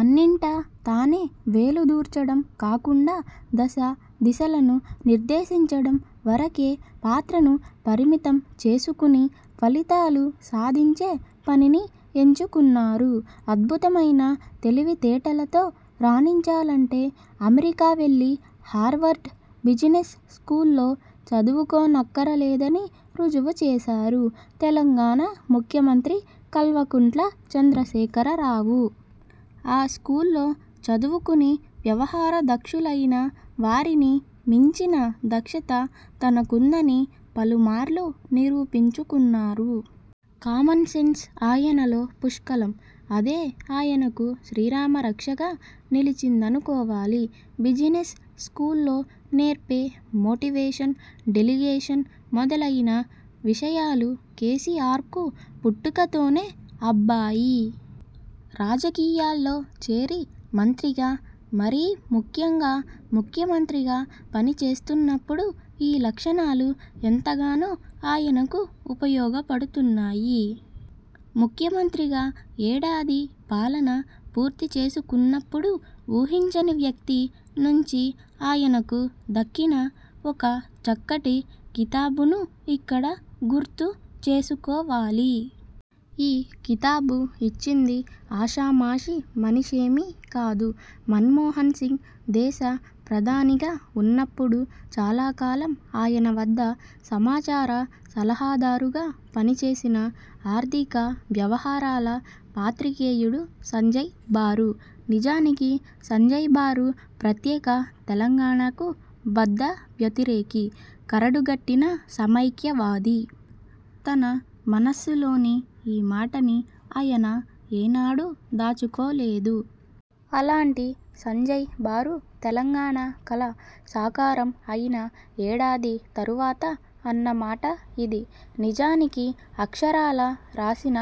అన్నింటా తానై వేలు దూర్చడం కాకుండా దశ, దిశలను నిర్దేశించడం వరకే పాత్రను పరిమితం చేసుకుని ఫలితాలు సాధించే పనిని ఎంచుకున్నారు. అద్భుతమైన తెలివితేటలతో రాణించాలంటే అమెరికా వెళ్లి హార్వర్డ్ బిజినెస్ స్కూల్లో చదువుకోనక్కరలేదని రుజువు చేసారు తెలంగాణా ముఖ్యమంత్రి కల్వకుంట్ల చంద్రశేఖరరావు. ఆ స్కూల్లో చదువుకుని వ్యవహారదక్షులయిన వారిని మించిన దక్షత తనకుందని పలుమార్లు నిరూపించుకున్నారు. కామన్ సెన్స్ ఆయనలో పుష్కలం. అదే ఆయనకు శ్రీరామ రక్షగా నిలిచిందనుకోవాలి. బిజినెస్ స్కూల్లో నేర్పే మోటివేషన్, డెలిగేషన్ మొదలయిన విషయాలు కేసీఆర్కు పుట్టుకతోనే అబ్బాయి. రాజకీయాల్లో చేరి మంత్రిగా, మరీ ముఖ్యంగా ముఖ్యమంత్రిగా పనిచేస్తున్నప్పుడు ఈ లక్షణాలు ఎంతగానో ఆయనకు ఉపయోగపడుతున్నాయి. ముఖ్యమంత్రిగా ఏడాది పాలన పూర్తిచేసుకున్నప్పుడు ఊహించని వ్యక్తి నుంచి ఆయనకు దక్కిన ఒక చక్కటి కితాబును ఇక్కడ గుర్తు చేసుకోవాలి. ఈ కితాబు ఇచ్చింది ఆషామాషీ మనిషేమీ కాదు. మన్మోహన్ సింగ్ దేశ ప్రధానిగా వున్నప్పుడు చాలాకాలం ఆయన వద్ద సమాచార సలహాదారుగా పనిచేసిన ఆర్థిక వ్యవహారాల పాత్రికేయుడు సంజయ్ బారు. నిజానికి సంజయ్ బారు ప్రత్యేక తెలంగాణాకు బద్ధ వ్యతిరేకి. కరడుగట్టిన సమైక్యవాది. తన మనస్సులోని ఈ మాటని అయన ఏనాడూ దాచుకోలేదు. అలాంటి సంజయ్ బారు తెలంగాణా కల సాకారం అయిన ఏడాది తరువాత అన్నమాట ఇది. నిజానికి అక్షరాలా రాసిన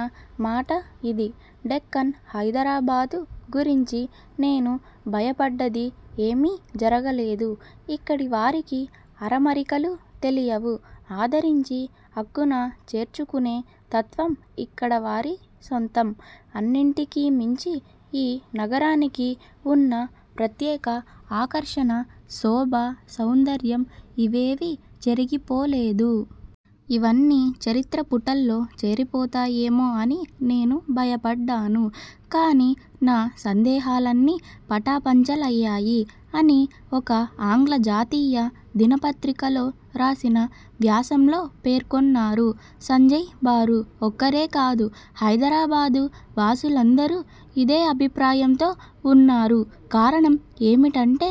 మాట ఇది. ''డెక్కన్ హైదరాబాదు గురించి నేను భయపడ్డది ఏమీ జరగలేదు. ఇక్కడివారికి అరమరికలు తెలియవు, ఆదరించి అక్కున చేర్చుకునే తత్వం ఇక్కడివారి సొంతం. అన్నింటికీ మించి ఈ నగరానికి వున్న ప్రత్యేక ఆకర్షణ, శోభ, సౌందర్యం ఇవేవీ చెరిగిపోలేదు. ఇవన్నీ చరిత్ర పుటల్లో చేరిపోతాయేమో అని నేను భయపడ్డాను. కానీ నా సందేహాలన్నీ పటాపంచలయ్యాయి'' అని ఒక ఆంగ్ల జాతీయ దినపత్రికలో రాసిన వ్యాసంలో పేర్కొన్నారు. సంజయ్ బారు ఒక్కరే కాదు, హైదరాబాదు వాసులందరూ ఇదే అభిప్రాయంతో వున్నారు. కారణం ఏమిటంటే,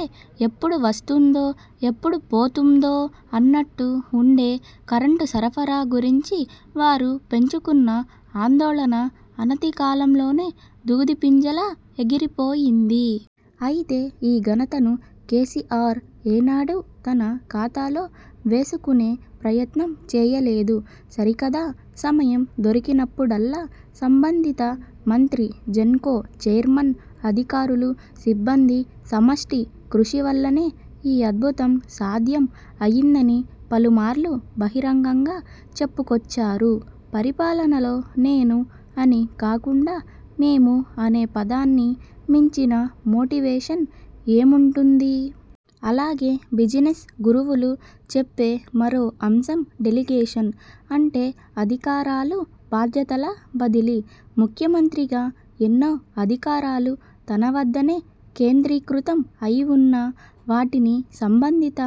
ఎప్పుడు వస్తుందో, ఎప్పుడు పోతుందో అన్నట్టు వుండే కరెంటు సరఫరా గురించి వారు పెంచుకున్న ఆందోళన అనతికాలంలోనే దూదిపింజలా ఎగిరిపోయింది. అయితే ఈ ఘనతను కేసీఆర్ ఏనాడూ తన ఖాతాలో వేసుకునే ప్రయత్నం చేయలేదు. సరికదా, సమయం దొరికినప్పుడల్లా సంబంధిత మంత్రి, జెన్కో చైర్మన్, అధికారులు, సిబ్బంది సమష్టి కృషి వల్లనే ఈ 'అద్భుతం' సాధ్యం అయిందని పలుమార్లు బహిరంగంగా చెప్పుకొచ్చారు. పరిపాలనలో 'నేను' అని కాకుండా 'మేము' అనే పదాన్ని మించిన మోటివేషన్ ఏముంటుంది? అలాగే, బిజినెస్ గురువులు చెప్పే మరో అంశం డెలిగేషన్. అంటే అధికారాలు, బాధ్యతల బదిలీ. ముఖ్యమంత్రిగా ఎన్నో అధికారాలు తనవద్దనే కేంద్రీకృతం అయివున్నా వాటిని సంబంధిత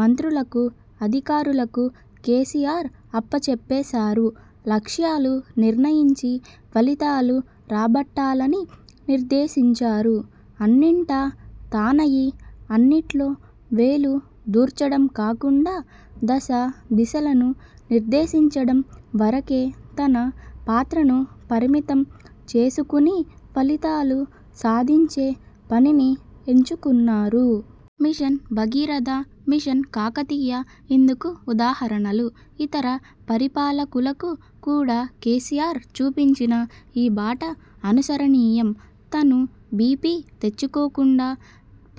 మంత్రులకు, అధికారులకు కేసీఆర్ అప్పచెప్పేసారు. లక్ష్యాలు నిర్ణయించి, ఫలితాలు రాబట్టాలని నిర్దేశించారు. అన్నింటా తానయి, అన్నిట్లో వేలు దూర్చడం కాకుండా దశ, దిశలను నిర్దేశించడం వరకే తన పాత్రను పరిమితం చేసుకుని ఫలితాలు సాధించే పనిని ఎంచుకున్నారు. మిషన్ భగీరథ, మిషన్ కాకతీయ ఇందుకు ఉదాహరణలు. ఇతర పరిపాలకులకు కూడా కేసీఆర్ చూపించిన ఈ బాట అనుసరణీయం. తను బీపీ తెచ్చుకోకుండా,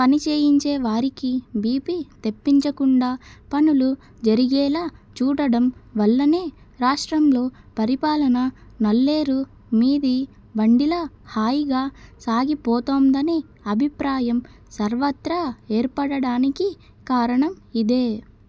పనిచేయించేవారికి బీపీ తెప్పించకుండా పనులు జరిగేలా చూడడం వల్లనే రాష్ట్రంలో పరిపాలన నల్లేరు మీది బండిలా హాయిగా సాగిపోతోందనే అభిప్రాయం సర్వత్రా ఏర్పడడానికి కారణం ఇదే.